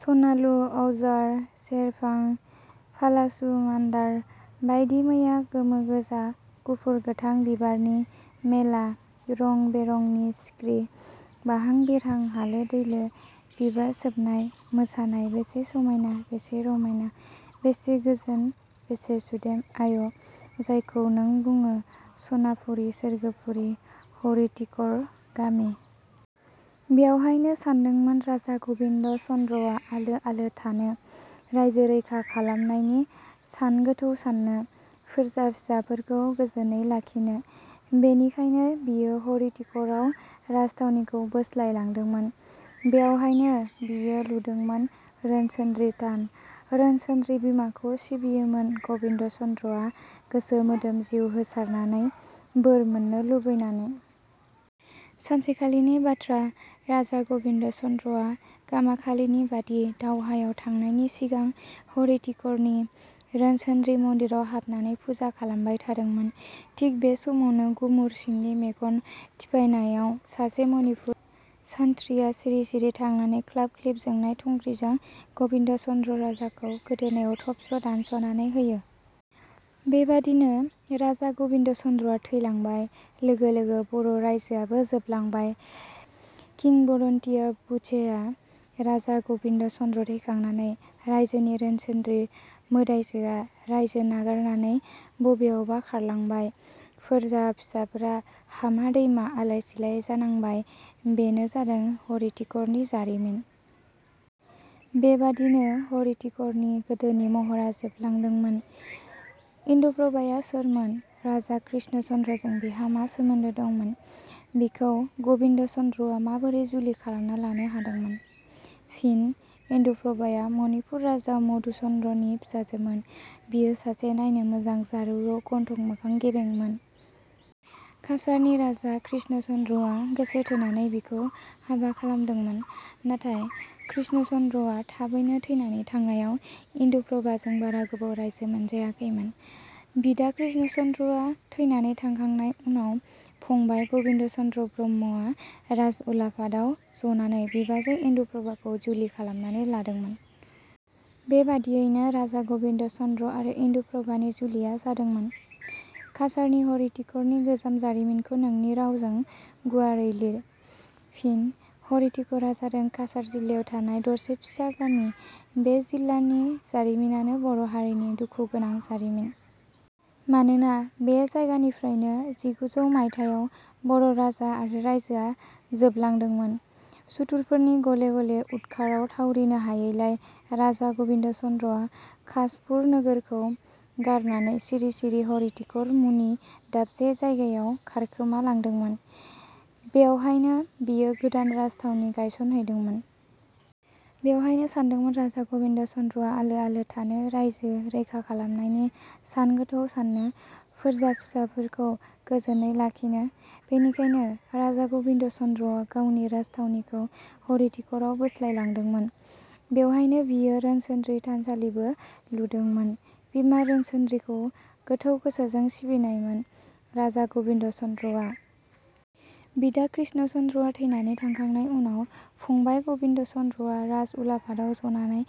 सनालु, अवजार, सेरफां, फालासु मान्दार बायदिमैया, गोमो गोजा, गुफुर-गोथां बिबारनि मेला, रं-बेरंनि सिख्रि बाहां-बिरहां हालो-दैलो बिबार सोबनाय मोसानाय बेसे समायना, बेसे रमायना, बेसे गोजोन, बेसे सुदेम आय' जायखौ नों बुङो सनापुरी सोरगोफुरि हरिटिकर गामि। बेयावहायनो सान्दोंमोन राजा गबिन्द' चन्द्रआ आलो आलो थानो, राइजो रैखा खालमनायनि सानगोथौ साननो, फोरजा फिसाफोरखौ गोजोनै लाखिनो। बेनिखायनो बियो हरिटिकर आव राजथावनिखौ बोस्लाय लांदोंमोन। बेयावहायनो बियो लुदोंमोन रोनसोन्द्रि थान। रोनसोन्द्रि बिमाखौ सिबियोमोन गबिन्द' चन्द्रआ गोसो मोदोम जिउ होसारनानै, बोर मोननो लुबैनानै। सानसेखालिनि बाथ्रा। राजा गबिन्द' चन्द्रआ गामाखालिनि बादि दावहायाव थांनायनि सिगां हरिटिकरनि रोनसोन्द्रि मन्दिराव हाबनानै फुजा खालामबाय थादोंमोन। थिग बे समावनो गुमुर सिंनि मेगन थिफायनायाव सासे मनिपुरी सान्थ्रिया सिरि सिरि थांनानै ख्लाब ख्लिब जोंनाय थुंग्रिजों गबिन्द' चन्द्र राजाखौ गोदोनायाव थबस्र' दानस'नानै होयो। बेबादिनो राजा गबिन्द' चन्द्रआ थैलांबाय। लोगो लोगो बर' राइजोआबो जोबलांबाय। किंबदन्तीया बुझे राजा ग 'बिन्द चन्द्र थैखांनानै राइजोनि रोनसोन्द्रि मोदाइजोआ राइजो नागारनानै बबेयावबा खारलांबाय। फोरजा फिसाफोरा हामा-दैमा, आलाइ-सिलाइ जानांबाय। बेनो जादों हरिटिकरनि जारिमिन। बेबादिनो हरिटिकरनि गोदोनि महरा जोबलांदोंमोन।. इन्दुप्रभाया सोरमोन? राजा कृष्ण चन्द्रजों बिहा मा सोमोनन्दो दंमोन? बिखौ ग'बिन्द चन्द्रआ माबोरै जुलि खालामना लानो हादोंमोन? फिन: इन्दुप्रभाया मनिपुर राजा मधुचन्द्रनि फिसाजोमोन। बियो सासे नायनो मोजां जारौ रौ, गन्थं मोखां गेबेंमोन। काछारनि राजा कृष्ण चन्द्रआ गोसो थोनानै बिखौ हाबा खालामदोंमोन। नाथाय, कृष्ण चन्द्रआ थाबैनो थैनानै थांनायाव इन्दुप्रभाजों बारा गोबाव राइजो मोनजायाखैमोन। बिदा कृष्ण चन्द्रआ थैनानै थांखांनाय उनाव फंबाय गबिन्द चन्द्र ब्रह्मआ राज उलाफादाव जनानै बिबाजै इन्दुप्रभाखौ जुलि खालामनानै लादोंमोन। बेबादियैनो राजा गबिन्द' चन्द्र आरो इन्दुप्रभानि जुलिया जादोंमोन।. काछारनि हरिटिकरनि गोजाम जारिमिनखौ नोंनि रावजों गुवारै लिर। फिन: हरिटिकरआ जादों काछार जिल्लायाव थानाय दरसे फिसा गामि। बे जिलानि जारिमिनानो बर' हारिनि दुखु गोनां जारिमिन। मानोना बे जायगानिफ्रायनो जिगुजौ मायथाइयाव बर' राजा आरो राइजोआ जोबलांदोंमोन। सुथुरफोरनि गले गले उदखाराव थावरिनो हायैलाय राजा गबिन्द' चन्द्रआ खासपुर नोगोरखौ गारनानै सिरि सिरि "हरिटिकर" मुनि दाबसे जायगायाव खारखोमा लादोंमोन। बेयावहायनो बियो गोदान राजथावनि गायसनहैदोंमोन। बेयावहायनो सान्दोंमोन राजा गबिन्द' चन्द्रआ आलो आलो थानो, राइजो रैखा खालामनायनि सानगोथौ साननो, फोरजा फिसाफोरखौ गोजोनै लाखिनो। बेनिखायनो राजा गबिन्द चन्द्रआ गावनि राजथावनिखौ हरिटिकरआव बोस्लायलांदोंमोन। बेवहायनो बियो रोनसोन्द्रि थानसालिबो लुदोंमोन, बिमा रोनसोन्द्रिखौ गोथौ गोसोजों सिबिनायमोन राजा गबिन्द' चन्द्रआ। बिदा कृष्ण चन्द्रआ थैनानै थांखांनाय उनाव फंबाय गबिन्द चन्द्रआ राज उलाफादाव जनानै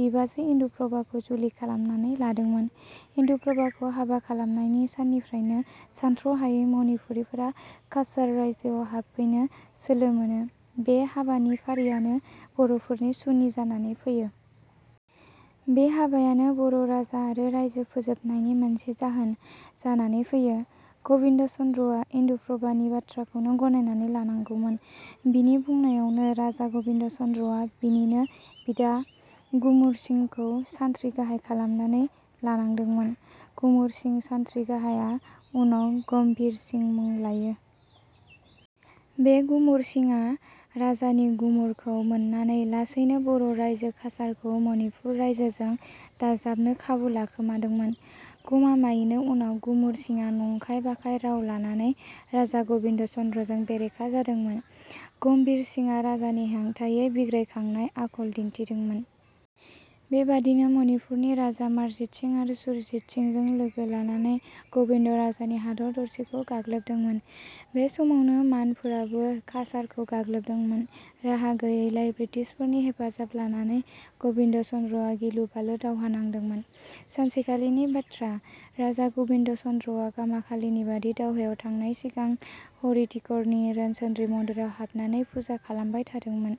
बिबाजै इन्दुप्रभाखौ जुलि खालामनानै लादोंमोन। इन्दुप्रभाखौ हाबा खालामनायनि साननिफ्रायनो सानथ्र' हायै मनिपुरीफोरा काछार राइजोआव हाबफैनो सोलो मोनो। बे हाबानि फारियानो बर'फोरनि सुनि जानानै फैयो। बे हाबायानो बर' राजा आरो राइजो फोजोबनायनि मोनसे जाहोन जानानै फैयो। गबिन्द' चन्द्रआ इन्दुप्रभानि बाथ्राखौनो गनायनानै लानांगौमोन। बिनि बुंनायावनो राजा गबिन्द' चन्द्रआ बिनिनो बिदा गुमुर सिंखौ सान्थ्रि गाहाय खालामनानै लानांदोंमोन। गुमुर सिं सान्थ्रि गाहाया उनाव गम्भिर सिं मुं लायो। बे गुमुर सिंआ राजानि गुमुरखौ मोननानै लासैनो बर' राइजो काछारखौ मनिपुर राइजोजों दाजाबनो खाबु लाखोमादोंमोन। गमामायैनो उनाव गुमुर सिंआ नंखाय बाखाय राव लानानै राजा गबिन्द' चन्द्रजों बेरेखा जादोंमोन। गम्भिर सिंआ राजानि हेथायै बिग्रायखांनाय आखल दिन्थिदोंमोन। बेबादिनो मनिपुरनि राजा मारजिदसिं आरो सुरजिद सिंजों लोगो लानानै गबिन्द' राजानि हादर दरसेखौ गाग्लोबदोंमोन। बे समावनो मानफोराबो काछारखौ गाग्लोबदोंमोन। राहा गैयैलाय ब्रिटिशफोरनि हेफाजाब लानानै गबिन्द' चन्द्रआ गिलु बालु दावहा नांदोंमोन। सानसेखालिनि बाथ्रा। राजा गबिन्द चन्द्रआ गामाखालिनिबादि दावहायाव थांनाय सिगां हरिटिकरनि रोनसोन्द्रि मन्दिराव हाबनानै फुजा खालामबाय थादोंमोन।